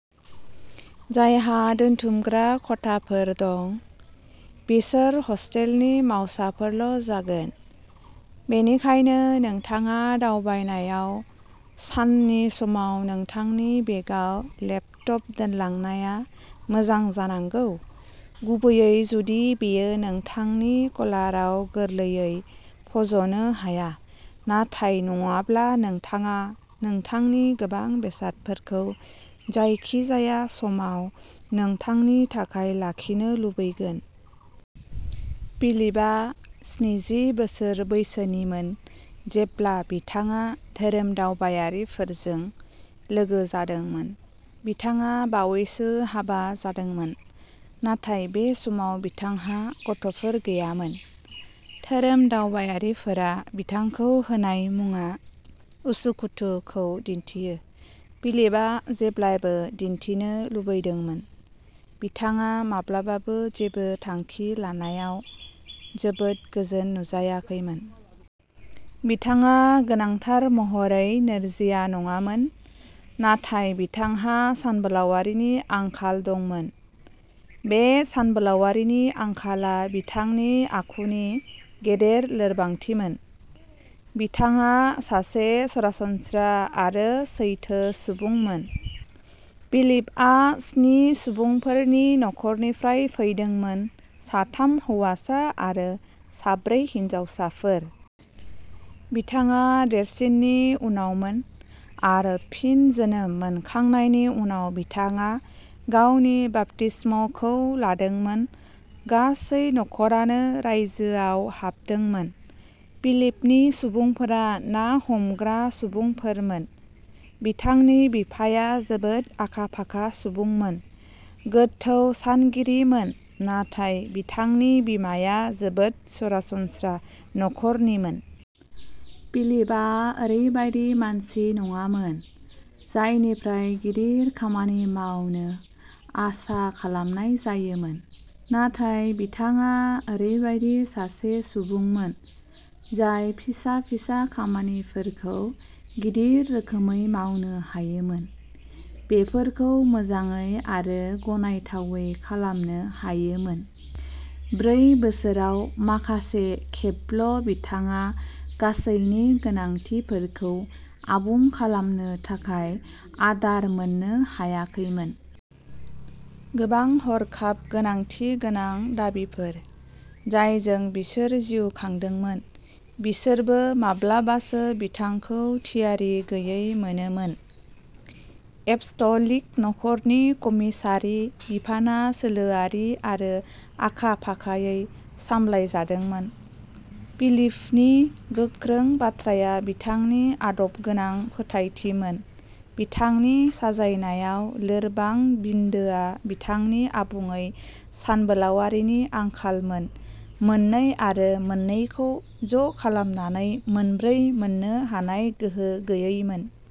जायहा दोनथुमग्रा खथाफोर दं, बिसोर हस्टेलनि मावसाफोरल'जागोन, बेनिखायनो नोंथाङा दावबायनायाव साननि समाव नोंथांनि बेगआव लेपटप दोनलांनाया मोजां जानांगौ, गुबैयै जुदि बेयो नोंथांनि लकाराव गोरलैयै फज'नो हाया। नाथाय नङाब्ला, नोंथाङा नोंथांनि गोबां बेसादफोरखौ जायखिजाया समाव नोंथांनि थाखाय लाखिनो लुबैगोन। फिलिपआ स्निजि बोसोर बैसोनिमोन जेब्ला बिथाङा धोरोमदावबायारिफोरजों लोगो जादोंमोन; बिथाङा बावैसो हाबा जादोंमोन, नाथाय बे समाव बिथांहा गथ'फोर गैयामोन। धोरोमदावबायारिफोरा बिथांखौ होनाय मुंआ "उसुखुथु" खौ दिन्थियो। फिलिपआ जेब्लाबो दिन्थिनो लुबैदोंमोन। बिथाङा माब्लाबाबो जेबो थांखि लानायाव जोबोद गोजान नुजायाखैमोन। बिथाङा गोनांथार महरै नोरजिया नङामोन, नाथाय बिथांहा सानबोलावरिनि आंखाल दंमोन। बे सानबोलावरिनि आंखालआ बिथांनि आखुनि गेदेर लोरबांथिमोन। बिथाङा सासे सरासनस्रा आरो सैथो सुबुंमोन। फिलिपआ स्नि सुबुंफोरनि नखरनिफ्राय फैदोंमोन, साथाम हौवासा आरो साब्रै हिनजावसाफोर। बिथाङा देरसिननि उनावमोन, आरो फिन जोनोम मोनखांनायनि उनाव बिथाङा गावनि बाप्तिस्मखौ लादोंमोन। गासै नखरानो रायजोआव हाबदोंमोन। फिलिपनि सुबुंफोरा ना हमग्रा सुबुंफोरमोन। बिथांनि बिफाया जोबोद आखा-फाखा सुबुंमोन, गोथौ सानगिरिमोन, नाथाय बिथांनि बिमाया जोबोद सरासनस्रा नखरनिमोन। फिलिपआ ओरैबायदि मानसि नङामोन जायनिफ्राय गिदिर खामानि मावनो आसा खालामनाय जायोमोन, नाथाय बिथाङा ओरैबायदि सासे सुबुंमोन जाय फिसा-फिसा खामानिफोरखौ गिदिर रोखोमै मावनो हायोमोन, बेफोरखौ मोजाङै आरो गनायथावै खालामनो हायोमोन। ब्रै बोसोराव माखासे खेबल'बिथाङा गासैनि गोनांथिफोरखौ आबुं खालामनो थाखाय आदार मोननो हायाखैमोन। गोबां हरखाब गोनांथि गोनां दाबिफोर, जायजों बिसोर जिउ खांदोंमोन, बिसोरबो माब्लाबासो बिथांखौ थियारि गैयै मोनोमोन। एपस्टलिक नखरनि कमिसारि बिफानआ सोलोआरि आरो आखा-फाखायै सामलायजादोंमोन। फिलिपनि गोख्रों बाथ्राया बिथांनि आदबगोनां फोथायथिमोन; बिथांनि साजायनायाव लोरबां बिन्दोआ बिथांनि आबुङै सानबोलावरिनि आंखालमोन, मोननै आरो मोननैखौ ज'खालामनानै मोनब्रै मोननो हानाय गोहो गैयैमोन।